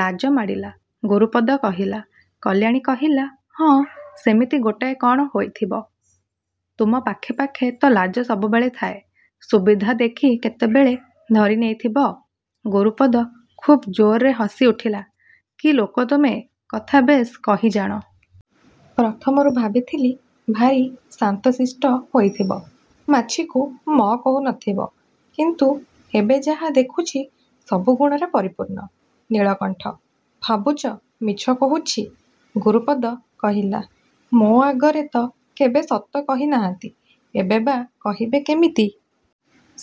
ଲାଜ ମାଡ଼ିଲା, ଗୁରୁପଦ କହିଲା। କଲ୍ୟାଣୀ କହିଲା, ହଁ ସେମିତି ଗୋଟାଏ କ'ଣ ହେଇଥିବ। ତୁମ ପାଖେ ପାଖେ ତ ଲାଜ ସବୁବେଳେ ଥାଏ ସୁବିଧା ଦେଖି କେତେବେଳେ ଧରି ନେଇଥିବ। ଗୁରୁପଦ ଖୁବ୍ ଜୋର୍ରେ ହସି ଉଠିଲା। କି ଲୋକ ତୁମେ! କଥା ବେଶ୍ କହି ଜାଣ। ପ୍ରଥମରୁ ଭାବିଥିଲି, ଭାରି ଶାନ୍ତି ଶିଷ୍ଟ ହୋଇଥିବ। ମାଛିକୁ ମ' କହୁ ନ ଥିବ। କିନ୍ତୁ ଏବେ ଯାହା ଦେଖୁଛି, ସବୁ ଗୁଣରେ ପରିପୂର୍ଣ୍ଣ। ନୀଳକଣ୍ଠ। ଭାବୁଛ ମିଛ କହୁଛି? ଗୁରୁପଦ କହିଲା। ମୋ ଆଗରେ ତ କେବେ ସତ କହି ନାହାନ୍ତି, ଏବେ ବା କହିବେ କିମିତି।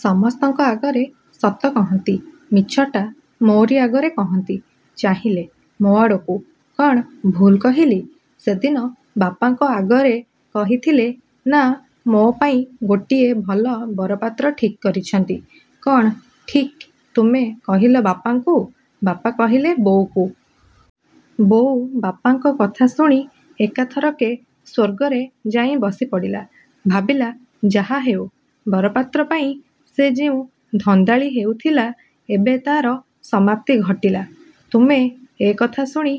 ସମସ୍ତଙ୍କ ଆଗରେ ସତ କହନ୍ତି ମିଛଟା ମୋରି ଆଗରେ କହନ୍ତି। ଚାହିଁଲେ ମୋ ଆଡ଼କୁ, କ'ଣ ଭୁଲ୍ କହିଲି? ସେଦିନ ବାପାଙ୍କ ଆଗରେ କହିଥିଲେ ନାଁ ମୋ ପାଇଁ ଗୋଟିଏ ଭଲ ବରପାତ୍ର ଠିକ୍ କରିଛନ୍ତି। କ'ଣ ଠିକ୍ ତୁମେ କହିଲ ବାପାଙ୍କୁ, ବାପା କହିଲେ ବୋଉକୁ। ବୋଉ ବାପାଙ୍କ କଥା ଶୁଣି ଏକାଥରକେ ସ୍ୱର୍ଗରେ ଯାଇଁ ବସି ପଡ଼ିଲା। ଭାବିଲା ଯାହାହେଉ ବରପାତ୍ର ପାଇଁ ସେ ଯେଉଁ ଧନ୍ଦାଳି ହେଉଥିଲା, ଏବେ ତା'ର ସମାପ୍ତି ଘଟିଲା। ତୁମେ ଏ କଥା ଶୁଣି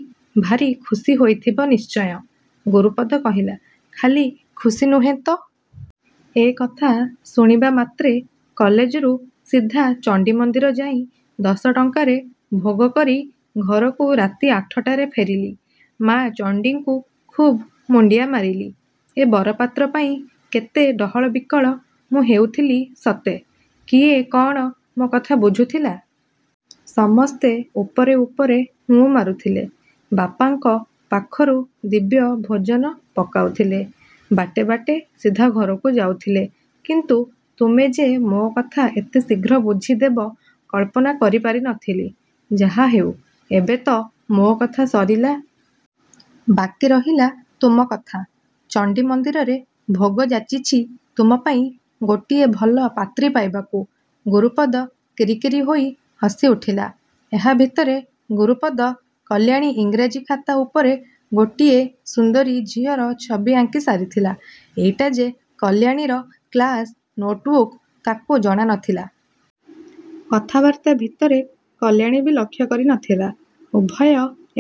ଭାରି ଖୁସି ହୋଇଥିବ ନିଶ୍ଚୟ, ଗୁରୁପଦ କହିଲା। ଖାଲି ଖୁସି ନୁହେଁ ତ? ଏ କଥା ଶୁଣିବାମାତ୍ରେ କଲେଜରୁ ସିଧା ଚଣ୍ଡୀମନ୍ଦିର ଯାଇଁ ଦଶ ଟଙ୍କାରେ ଭୋଗକରି ଘରକୁ ରାତି ଆଠଟାରେ ଫେରିଲି। ମା' ଚଣ୍ଡୀକୁ ଖୁବ୍ ମୁଣ୍ଡିଆ ମାରିଲି। ଏ ବରପାତ୍ର ପାଇଁ କେତେ ଡହଳ ବିକଳ ମୁଁ ହେଉଥିଲି ସତେ? କିଏ କ'ଣ ମୋ କଥା ବୁଝୁଥିଲା। ସମସ୍ତେ ଉପରେ ଉପରେ ହୁଁ ମାରୁଥିଲେ। ବାପାଙ୍କ ପାଖରୁ ଦିବ୍ୟ ଭୋଜନ ପକାଉଥିଲେ, ବାଟେ ବାଟେ ସିଧା ଘରକୁ ଯାଉଥିଲେ। କିନ୍ତୁ ତୁମେ ଯେ ମୋ କଥା ଏତେ ଶୀଘ୍ର ବୁଝିଦେବ କଳ୍ପନା କରି ପାରି ନ ଥିଲି। ଯାହାହେଉ ଏବେ ତ ମୋ କଥା ସରିଲା। ବାକି ରହିଲା ତୁମ କଥା। ଚଣ୍ଡୀମନ୍ଦିରରେ ଭୋଗ ଯାଚିଛି ତୁମପାଇଁ ଗୋଟିଏ ଭଲ ପାତ୍ରୀ ପାଇବାକୁ। ଗୁରୁପଦ କିରି କିରି ହୋଇ ହସି ଉଠିଲା। ଏହା ଭିତରେ ଗୁରୁପଦ କଲ୍ୟାଣୀ ଇଂରାଜୀ ଖାତା। ଉପରେ ଗୋଟିଏ ସୁନ୍ଦରୀ ଝିଅର ଛବି ଆଙ୍କି ସାରିଥିଲା। ଏଇଟା ଯେ କଲ୍ୟାଣୀର କ୍ଳାସ୍ ନୋଟ୍ବୁକ୍ ତା'କୁ ଜଣା ନଥିଲା। କଥାବାର୍ତ୍ତା ଭିତରେ କଲ୍ୟାଣୀ ବି ଲକ୍ଷ୍ୟକରି ନ ଥିଲା। ଉଭୟ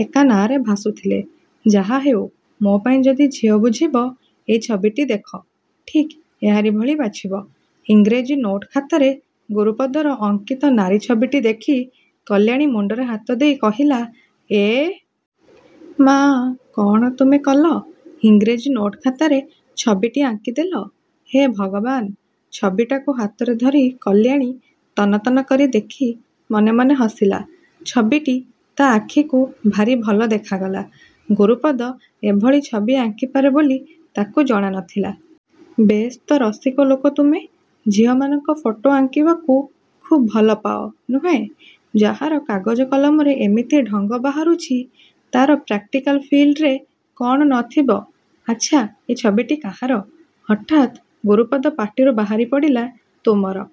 ଏକା ନାଆରେ ଭାସୁଥିଲେ। ଯାହାହେଉ ମୋ ପାଇଁ ଯଦି ଝିଅ ବୁଝିବ, ଏଇ ଛବିଟି ଦେଖ, ଠିକ୍ ଏହାରି ଭଳି ବାଛିବ। ଇଂରେଜୀ ନୋଟଖାତାରେ ଗୁରୁପଦର ଅଙ୍କିତ ନାରୀ ଛବିଟି ଦେଖି କଲ୍ୟାଣୀ ମୁଣ୍ଡରେ ହାତଦେଇ କହିଲା, ଏ... ମା... କ'ଣ ତୁମେ କଲ। ଇଂରେଜୀ ନୋଟଖାତାରେ ଛବିଟି ଆଙ୍କିଦେଲ। ହେ ଭଗବାନ୍? ଛବିଟାକୁ ହାତରେ ଧରି କଲ୍ୟାଣୀ ତନ୍ନ ତନ୍ନ କରି ଦେଖି ମନେ ମନେ ହସିଲା। ଛବିଟି ତା' ଆଖିକୁ ଭାରି ଭଲ ଦେଖାଗଲା। ଗୁରୁପଦ ଏଭଳି ଛବି ଆଙ୍କିପାରେ ବୋଲି ତା'କୁ ଜଣା ନଥିଲା। ବେଶ୍ ତ ରସିକ ଲୋକ ତୁମେ? ଝିଅମାନଙ୍କ ଫଟୋ ଆଙ୍କିବାକୁ ଖୁବ୍ ଭଲ ପାଅ, ନୁହେଁ? ଯାହାର କାଗଜ କଲମରେ ଏମିତି ଢଙ୍ଗ ବାହାରୁଛି, ତା'ର ପ୍ରାକ୍ଟିକାଲ ଫିଲ୍ଡ଼୍ରେ କ'ଣ ନ ଥିବ ଆଚ୍ଛା ଏ ଛବିଟି କାହାର? ହଠାତ୍ ଗୁରୁପଦ ପାଟିରୁ ବାହାରି ପଡ଼ିଲା, ତୁମର।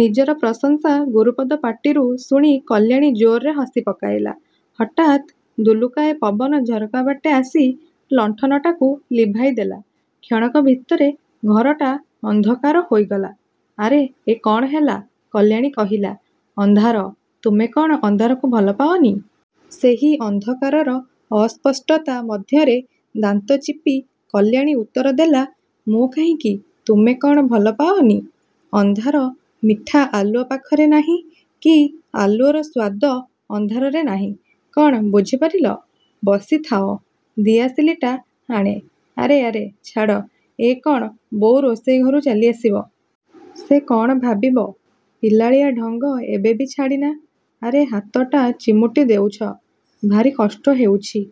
ନିଜର ପ୍ରଶଂସା ଗୁରୁପଦ ପାଟିରୁ ଶୁଣି କଲ୍ୟାଣୀ ଜୋର୍ରେ ହସି ପକାଇଲା। ହଠାତ୍ ଦୁଲୁକାଏ ପବନ ଝରକାବାଟେ ଆସି ଲଣ୍ଠନଟାକୁ ଲିଭାଇ ଦେଲା। କ୍ଷଣକ ଭିତରେ ଘରଟା ଅନ୍ଧକାର ହୋଇଗଲା। ଆରେ ଏ କ'ଣ ହେଲା, କଲ୍ୟାଣୀ କହିଲା। ଅନ୍ଧାର। ତୁମେ କ'ଣ ଅନ୍ଧାରକୁ ଭଲପାଅନି? ସେହି ଅନ୍ଧକାରରର ଅସ୍ପଷ୍ଟତା ମଧ୍ୟରେ ଦାନ୍ତ ଚିପି କଲ୍ୟାଣୀ ଉତ୍ତର ଦେଲା, ମୁଁ କାହିଁକି ତୁମେ କ'ଣ ଭଲପାଅନି? ଅନ୍ଧାର ମିଠା ଆଲୁଅ ପାଖରେ ନାହିଁ କି ଆଲୁଅର ସ୍ୱାଦୂ ଅନ୍ଧାରରେ ନାହିଁ। କ'ଣ ବୁଝିପାରିଲ? ବସିଥାଅ ଦିଆସିଲିଟା ଆଣେ। ଆରେ ଆରେ ଛାଡ଼ ଏ କ'ଣ ବୋଉ ରୋଷେଇ ଘରୁ ଚାଲିଆସିବ। ସେ କ'ଣ ଭାବିବ, ପିଲାଳିଆ ଢଙ୍ଗ ଏବେ ବି ଛାଡ଼ିନା। ଆରେ ହାତଟା ଚିମୁଟି ଦେଉଛ, ଭାରି କଷ୍ଟ ହେଉଛି।